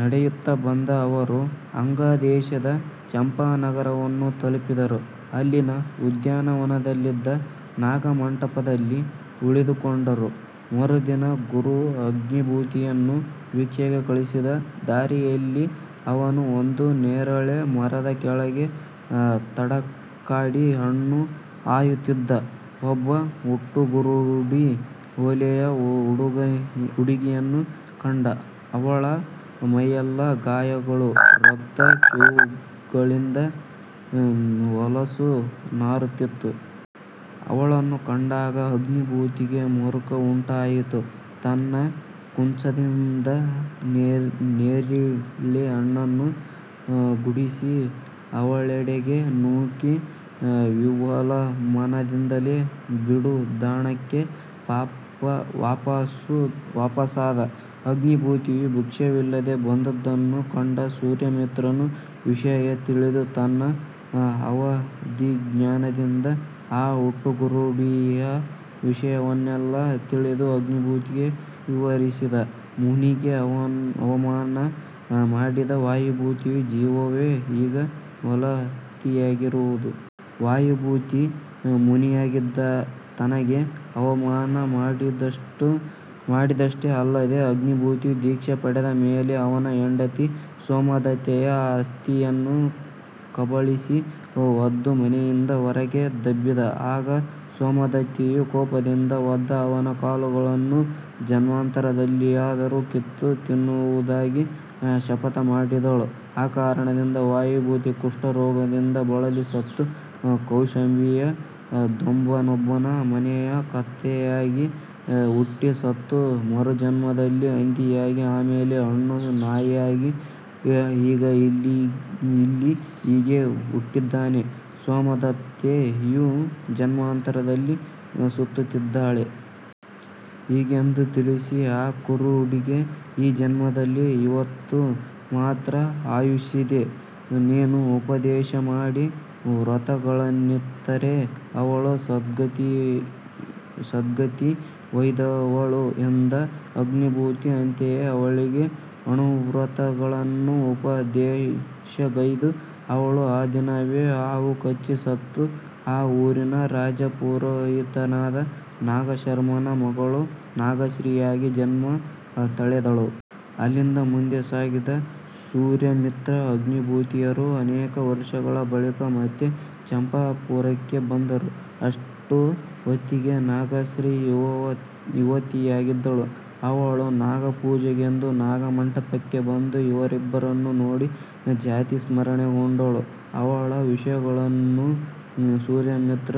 ನಡೆಯುತ್ತ ಬಂದ ಅವರು ಅಂಗದೇಶದ ಚಂಪಾನಗರವನ್ನು ತಲುಪಿದರು. ಅಲ್ಲಿನ ಉದ್ಯಾನವನದಲ್ಲಿದ್ದ ನಾಗಮಂಟಪದಲ್ಲಿ ಉಳಿದುಕೊಂಡರು. ಮರುದಿನ ಗುರು ಅಗ್ನಿಭೂತಿಯನ್ನು ಭಿಕ್ಷೆಗೆ ಕಳಿಸಿದ. ದಾರಿಯಲ್ಲಿ ಅವನು ಒಂದು ನೇರಳೆ ಮರದ ಕೆಳಗೆ ತಡಕಾಡಿ ಹಣ್ಣು ಆಯುತ್ತಿದ್ದ ಒಬ್ಬ ಹುಟ್ಟುಗುರುಡಿ ಹೊಲೆಯ ಹುಡುಗಿಯನ್ನು ಕಂಡ, ಅವಳ ಮೈಯೆಲ್ಲ ಗಾಯಗಳು ರಕ್ತ ಕೀವುಗಳಿಂದ ಹೊಲಸು ನಾರುತ್ತಿತ್ತು. ಅವಳನ್ನು ಕಂಡಾಗ ಅಗ್ನಿಭೂತಿಗೆ ಮರುಕವುಂಟಯಿತು, ತನ್ನ ಕುಂಚದಿಂದ ನೇರಿಳೆ ಹಣ್ಣುಗಳನ್ನು ಗುಡಿಸಿ ಅವಳೆಡೆಗೆ ನೂಕಿ ವಿಹ್ವಲಮನದಿಂದಲೇ ಬೀಡುದಾಣಕ್ಕೆ ವಾಪಸಾದ. ಅಗ್ನಿಭೂತಿಯು ಭಿಕ್ಷವಿಲ್ಲದೆ ಬಂದುದನ್ನು ಕಂಡು ಸೂರ್ಯಮಿತ್ರನು ವಿಷಯ ತಿಳಿದು ತನ್ನ ಅವಧಿಜ್ಞಾನದಿಂದ ಆ ಹುಟ್ಟುಗುರುಡಿಯ ವಿಷಯವನ್ನೆಲ್ಲ ತಿಳಿದು ಅಗ್ನಿಭೂತಿಗೆ ವಿವರಿಸದ; ಮುನಿಗೆ ಅವಮಾನ ಮಾಡಿದ ವಾಯುಭೂತಿಯ ಜೀವವೇ ಈಗ ಹೊಲತಿಯಾಗಿರುವುದು. ವಾಯುಭೂತಿ ಮುನಿಯಾಗಿದ್ದ ತನಗೆ ಅವಮಾನ ಮಾಡಿದುದಷ್ಟೇ ಅಲ್ಲದೆ, ಅಗ್ನಿಭೂತಿ ದೀಕ್ಷೆ ಪಡೆದ ಮೇಲೆ ಅವನ ಹೆಂಡತಿ ಸೋಮದತ್ತೆಯ ಅಸ್ತಿಯನ್ನು ಕಬಳಿಸಿ ಒದ್ದು ಮನೆಯಿಂದ ಹೊರಗೆ ದಬ್ಬಿದ. ಆಗ ಸೋಮದತ್ತೆಯು ಕೋಪದಿಂದ ಒದ್ದ ಅವನ ಕಾಲುಗಳನ್ನು ಜನ್ಮಾಂತರದಲ್ಲಿಯಾದರೂ ಕಿತ್ತು ತಿನ್ನುವುದಾಗಿ ಶಪಥಮಾಡಿದಳು. ಆ ಕಾರಣದಿಂದ ವಾಯುಭೂತಿ ಕುಷ್ಠ ರೋಗದಿಂದ ಬಳಲಿ ಸತ್ತು, ಕೌಶಂಬಿಯ ದೊಂಬನೊಬ್ಬನ ಮನೆಯ ಕತ್ತೆಯಾಗಿ ಹುಟ್ಟಿ ಸತ್ತು, ಮರುಜನ್ಮದಲ್ಲಿ ಹಂದಿಯಾಗಿ, ಆಮೇಲೆ ಹೆಣ್ಣು ನಾಯಿಯಾಗಿ, ಈಗ ಇಲ್ಲಿ ಹೀಗೆ ಉಟ್ಟಿದ್ದಾನೆ; ಸೋಮದತ್ತೆಯೂ ಜನ್ಮಾಂತರದಲ್ಲಿ ಸುತ್ತುತ್ತಿದ್ದಾಳೆ. ಹೀಗೆಂದು ತಿಳಿಸಿ "ಆ ಕುರುಡಿಗೆ ಈ ಜನ್ಮದಲ್ಲಿ ಇವತ್ತು ಮಾತ್ರ ಆಯುಸ್ಸಿದೆ. ನೀನು ಉಪದೇಶಮಾಡಿ ವ್ರತಗಳನ್ನಿತ್ತರೆ ಅವಳು ಸದ್ಗತಿಯೈದವಳು" ಎಂದ. ಅಗ್ನಿಭೂತಿ ಅಂತೆಯೇ ಅವಳಿಗೆ ಅಣುವ್ರತಗಳನ್ನು ಉಪದೇಶಗೈದು. ಅವಳು ಆ ದಿನವೇ ಹಾವು ಕಚ್ಚಿ ಸತ್ತು, ಆ ಊರಿನ ರಾಜಪುರೋಹಿತನಾದ ನಾಗಶರ್ಮನ ಮಗಳು ನಾಗಶ್ರೀಯಾಗಿ ಜನ್ಮ ತಳೆದಳು. ಅಲ್ಲಿಂದ ಮುಂದೆ ಸಾಗಿದ ಸೂರ್ಯಮಿತ್ರ – ಅಗ್ನಿಭೂತಿಯರು ಅನೇಕ ವರ್ಷಗಳ ಬಳಿಕ ಮತ್ತೆ ಚಂಪಾಪುರಕ್ಕೆ ಬಂದರು. ಅಷ್ಟು ಹೊತಿಗೆ ನಾಗಶ್ರೀ ಯುವತಿಯಾಗಿದ್ದಳು. ಅವಳು ನಾಗ ಪೂಜೆಗೆಂದು ನಾಗ ಮಂಟಪಕ್ಕೆ ಬಂದು ಇವರಿಬ್ಬರನ್ನೂ ನೋಡಿ ಜಾತಿಸ್ಮರಣೆಗೊಂಡಳು. ಅವಳ ವಿಷಯವನ್ನು ಸೂರ್ಯಮಿತ್ರ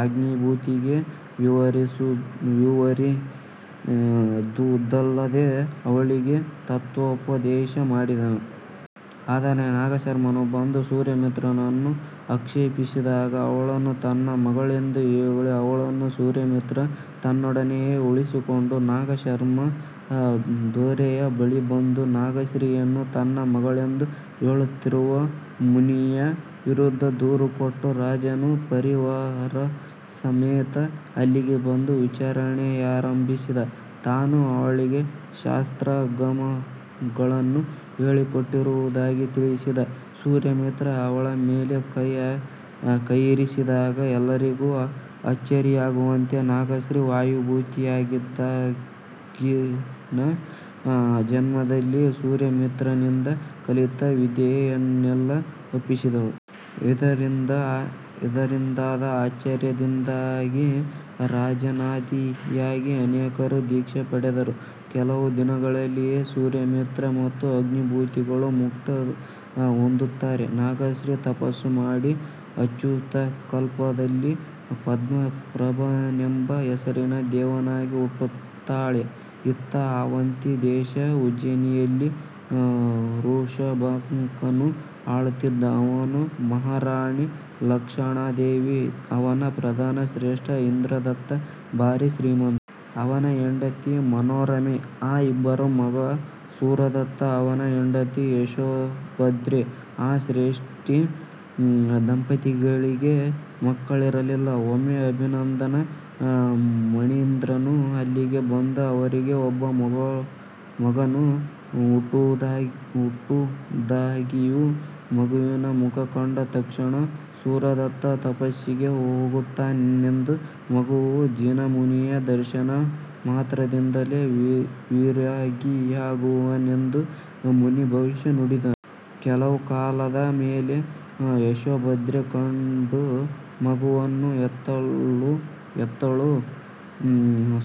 ಆಗ್ನಿಭೂತಿಗೆ ವಿವರಿದುದಲ್ಲದೆ, ಅವಳಿಗೆ ತತ್ವೋಪದದೇಶ ಮಾಡಿದ. ಆದರೂ ನಾಗಶರ್ಮನು ಬಂದು ಸೂರ್ಯಮಿತ್ರನನ್ನು ಅಕ್ಷೇಪಿಸಿದಾಗ ಅವಳನ್ನು ತನ್ನ ಮಗಳೆಂದು ಹೇಳಿ ಅವಳನ್ನು ಸೂರ್ಯಮಿತ್ರ ತನ್ನೊಡನೆಯೇ ಉಳಿಸಿಕೊಂಡ. ನಾಗಶರ್ಮ ದೊರೆಯ ಬಳಿ ಬಂದು ನಾಗಶ್ರೀಯನ್ನು ತನ್ನ ಮಗಳೆಂದು ಹೇಳುತ್ತಿರುವ ಮುನಿಯ ವಿರುದ್ಧ ದೂರು ಕೊಟ್ಟ. ರಾಜನು ಪರಿವಾರಸಮೇತ ಅಲ್ಲಿಗೆ ಬಂದು ವಿಚಾರಣೆಯಾರಂಬಿಸಿದ. ತಾನು ಅವಳಿಗೆ ಶಾಸ್ತ್ರಾಗಮಗಳನ್ನು ಹೇಳಿಕೊಟ್ಟಿರುವುದಾಗಿ ತಿಳಿಸಿದ ಸೂರ್ಯಮಿತ್ರ ಅವಳ ಮೇಲೆ ಕೈಯಿರಿಸಿದಾಗ, ಎಲ್ಲರಿಗೂ ಅಚ್ಚರಿಯಾಗುವಂತೆ, ನಾಗಶ್ರೀ ವಾಯುಭೂತಿಯಾಗಿದ್ದಾಗಿನ ಜನ್ಮದಲ್ಲಿ ಸೂರ್ಯಮಿತ್ರನಿಂದ ಕಲಿತ ವಿದ್ಯೆಯನ್ನೆಲ್ಲ ಒಪ್ಪಿಸಿದಳು. ಇದರಿಂದಾದ ಆಶ್ಚರ್ಯದಿಂದಾಗಿ ರಾಜನಾದಿಯಾಗಿ ಅನೇಕರು ದೀಕ್ಷೆ ಪಡೆದರು. ಕೆಲವು ದಿನಗಳಲ್ಲಿಯೇ ಸೂರ್ಯಮಿತ್ರ ಮತ್ತು ಅಗ್ನಿಬೂತಿಗಳು ಮುಕ್ತಿ ಹೊಂದುತ್ತಾರೆ. ನಾಗಶ್ರೀ ತಪಸ್ಸು ಮಾಡಿ ಅಚ್ಯುತಕಲ್ಪದಲ್ಲಿ ಪದ್ಮಪ್ರಭನೆಂಬ ಹೆಸರಿನ ದೇವನಾಗಿ ಹುಟ್ಟುತ್ತಾಳೆ. ಇತ್ತ, ಆವಂತಿ ದೇಶದ ಉಜ್ಜೇನಿಯಲ್ಲಿ ವೃಷಭಾಂಕನು ಆಳುತ್ತಿದ್ದ; ಅವನ ಮಹಾರಾಣಿ ಲಕ್ಷಣಾದೇವಿ. ಅವನ ಪ್ರಧಾನ ಶ್ರೇಷ್ಠಿ ಇಂದ್ರದತ್ತ, ಭಾರಿ ಶ್ರೀಮಂತ. ಅವನ ಹೆಂಡತಿ ಮನೋರಮೆ. ಆ ಇಬ್ಬರ ಮಗ ಸೂರದತ್ತ; ಅವನ ಹೆಂಡತಿ ಯಶೋಭದ್ರೆ. ಆ ಶ್ರೇಷ್ಠಿ ದಂಪತಿಗಳಿಗೆ ಮಕ್ಕಳಿರಲಿಲ್ಲ. ಒಮ್ಮೆ ಅಭಿನಂದನ ಮುಣೀಂದ್ರನು ಅಲ್ಲಿಗೆ ಬಂದ ಅವರಿಗೆ ಒಬ್ಬ ಮಗನು ಹುಟ್ಟುವುದಾಗಿಯೂ, ಮಗುವಿನ ಮುಖ ಕಂಡ ತಕ್ಷಣ ಸೂರದತ್ತ ತಪಸ್ಸಿಗೆ ಹೋಗುತ್ತಾನೆಂದೂ, ಮಗುವೂ ಜಿನಮುನಿಯ ದರ್ಶನ ಮಾತ್ರದಿಂದಲೇ ವಿರಾಗಿಯಾಗುವನೆಂದೂ ಮುನಿ ಭವಿಷ್ಯ ನುಡಿದ. ಕೆಲವು ಕಾಲದ ಮೇಲೆ ಯಶೋಭದ್ರೆ ಗಂಡು ಮಗುವನ್ನು ಹೆತ್ತಳು;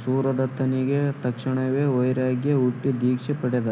ಸೂರದತ್ತನಿಗೆ ತಕ್ಷಣವೇ ವೈರಾಗ್ಯ ಹುಟ್ಟಿ ದೀಕ್ಷೆ ಪಡೆದ.